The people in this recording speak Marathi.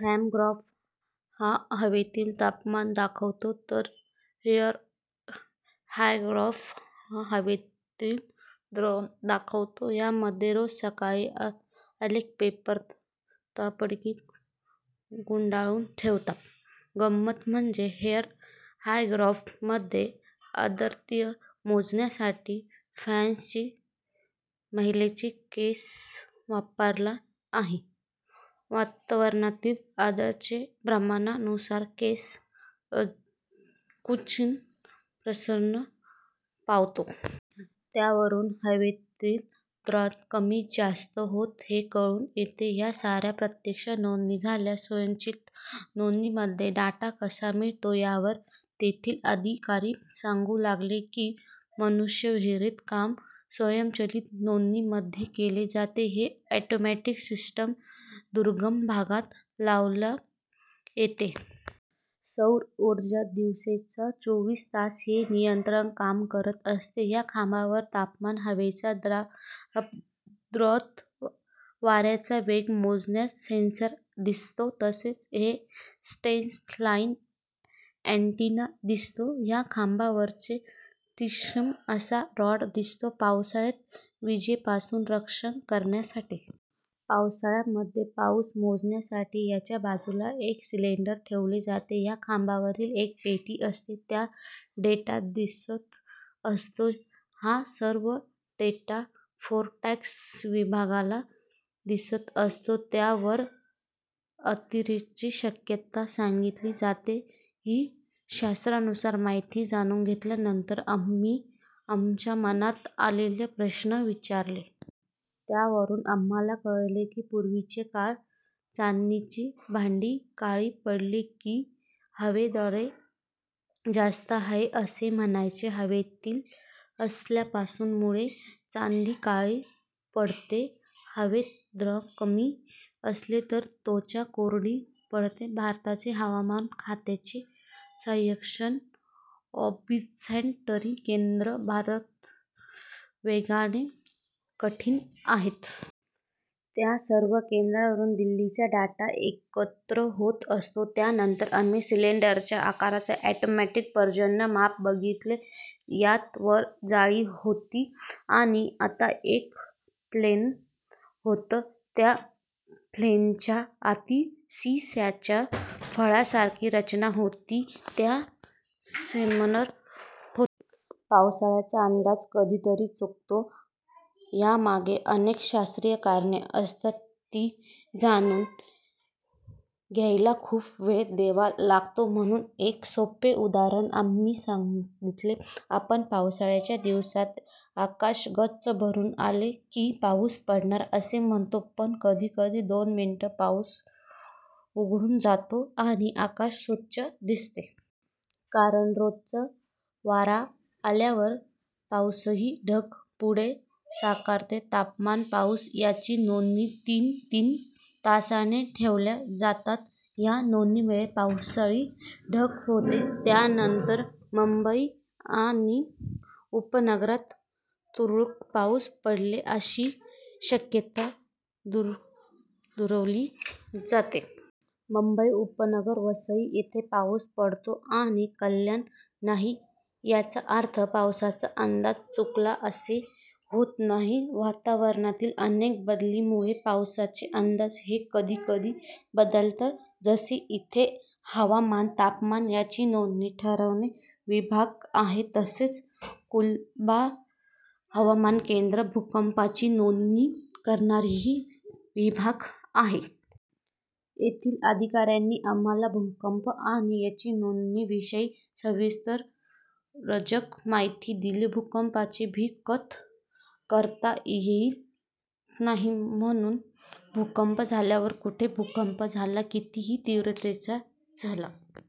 थर्मोग्राफ' हा हवेतील तापमान दाखवतो, तर 'हेअर हायग्रोग्राफ' हा हवेतील आर्द्रता दाखवतो. यामध्ये रोज सकाळी आलेखपेपर तबकडीला गुंडाळून ठेवतात. गंमत म्हणजे 'हेअर हायग्रोग्राफ'मध्ये आर्द्रता मोजण्यासाठी फ्रान्सच्या महिलेचा केस वापरला आहे. वातावरणातील आर्द्रतेच्या प्रमाणानुसार केस आकुंचन-प्रसरण पावतो. त्यावरून हवेतील आर्द्रता कमी-जास्त होते, हे कळून येतं. या साऱ्या प्रत्यक्ष नोंदी झाल्या. स्वयंचलित नोंदीमध्ये डेटा कसा मिळतो? यावर तेथील अधिकारी सांगू लागले की, मनुष्यविरहीत काम स्वयंचलित नोंदीमध्ये केलं जातं. ही ऑटोमॅटिक सिस्टीम दुर्गम भागात लावता येते. सौर ऊर्जेवर दिवसाचे चोवीस तास ही यंत्रणा काम करत असते. या खांबावर तापमान, हवेचा दाब, आर्द्रता, वाऱ्याचा वेग मोजणारा सेन्सर असतो. तसंच एक सॅटेलाइट अँटीना असतो. या खांबाच्या वर तीक्ष्ण असा रॉड असतो, पावसाळ्यात विजांपासून संरक्षण करण्यासाठी. पावसामध्ये पाऊस मोजण्यासाठी याच्या बाजूला एक सिलिंडर ठेवला जातो. या खांबावर एक पेटी असते, त्यात डेटा दिसत असतो. हा सर्व डेटा फोरकास्ट विभागालाही दिसत असतो. त्यावरून आपत्तीची शक्यता सांगितली जाते. ही शास्त्रशुद्ध माहिती जाणून घेतल्यानंतर आम्ही आमच्या मनात आलेले प्रश्नही विचारले. त्यावरून आम्हांला कळलं की, पूर्वीच्या काळी चांदीची भांडी काळी पडली की, हवेत आर्द्रता जास्त आहे असं म्हणायचे. हवेतील ओलसरपणामुळे चांदी काळी पडते. हवेत आर्द्रता कमी असेल तर त्वचा कोरडी पडते. भारतीय हवामान खात्याची सहाशे ऑब्झर्व्हेटरी केंद्रं भारतभर वेगवेगळ्या ठिकाणी आहेत. त्या सर्व केंद्रांवरून दिल्लीला डेटा एकत्रित होत असतो. यानंतर आम्ही सिलिंडरच्या आकाराचा ऑटोमॅटिक पर्जन्यमापक बघितला. यात वर जाळी होती आणि आत एक फनेल होतं. त्या फनेलच्या आत सी-सॉच्या फळीसारखी रचना होती. त्याच्यात सेन्सर होता. पावसाचा अंदाज कधीतरी चुकतो, यामागे अनेक शास्त्रीय कारणं असतात. ती जाणून घ्यायला खूप वेळ द्यावा लागतो. म्हणून एक सोपं उदाहरण आम्हांला सांगितलं. आपण पावसाळ्याच्या दिवसात आकाश गच्च भरून आलं की, पाऊस पडणार असं म्हणतो, पण कधी कधी दोन मिनिटांत पाऊस उडून जातो आणि आकाश स्वच्छ दिसतं. कारण जोराचा वारा आल्यावर हे पावसाळी ढग पुढे सरकतात. तापमान, पाऊस याच्या नोंदी तीन-तीन तासांनी ठेवल्या जातात. या नोंदीवेळी पावसाळी ढग होते; त्यावरून मुंबई आणि उपनगरात तुरळक पाऊस पडेल अशी शक्यता दर्शवली जाते. मुंबई उपनगर, वसई येथे पाऊस पडतो आणि कल्याणला नाही याचा अर्थ पावसाचा अंदाज चुकला असं होत नाही. वातावरणातील अनेक बदलांमुळे पावसाचे अंदाज हे कधी कधी बदलतात. जसे इथे हवामान, तापमान याच्या नोंदी ठेवणारे विभाग आहेत, तसेच कुलाबा हवामान केंद्रात भूकंपाच्या नोंदी करणाराही विभाग आहे. तेथील अधिकाऱ्यांनी आम्हांला भूकंप आणि त्यांच्या नोंदीविषयी सविस्तर व रंजक माहिती दिली. भूकंपाचं भाकीत करता येत नाही, परंतु भूकंप झाल्यावरच कुठे भूकंप झाला, किती तीव्रतेचा झाला,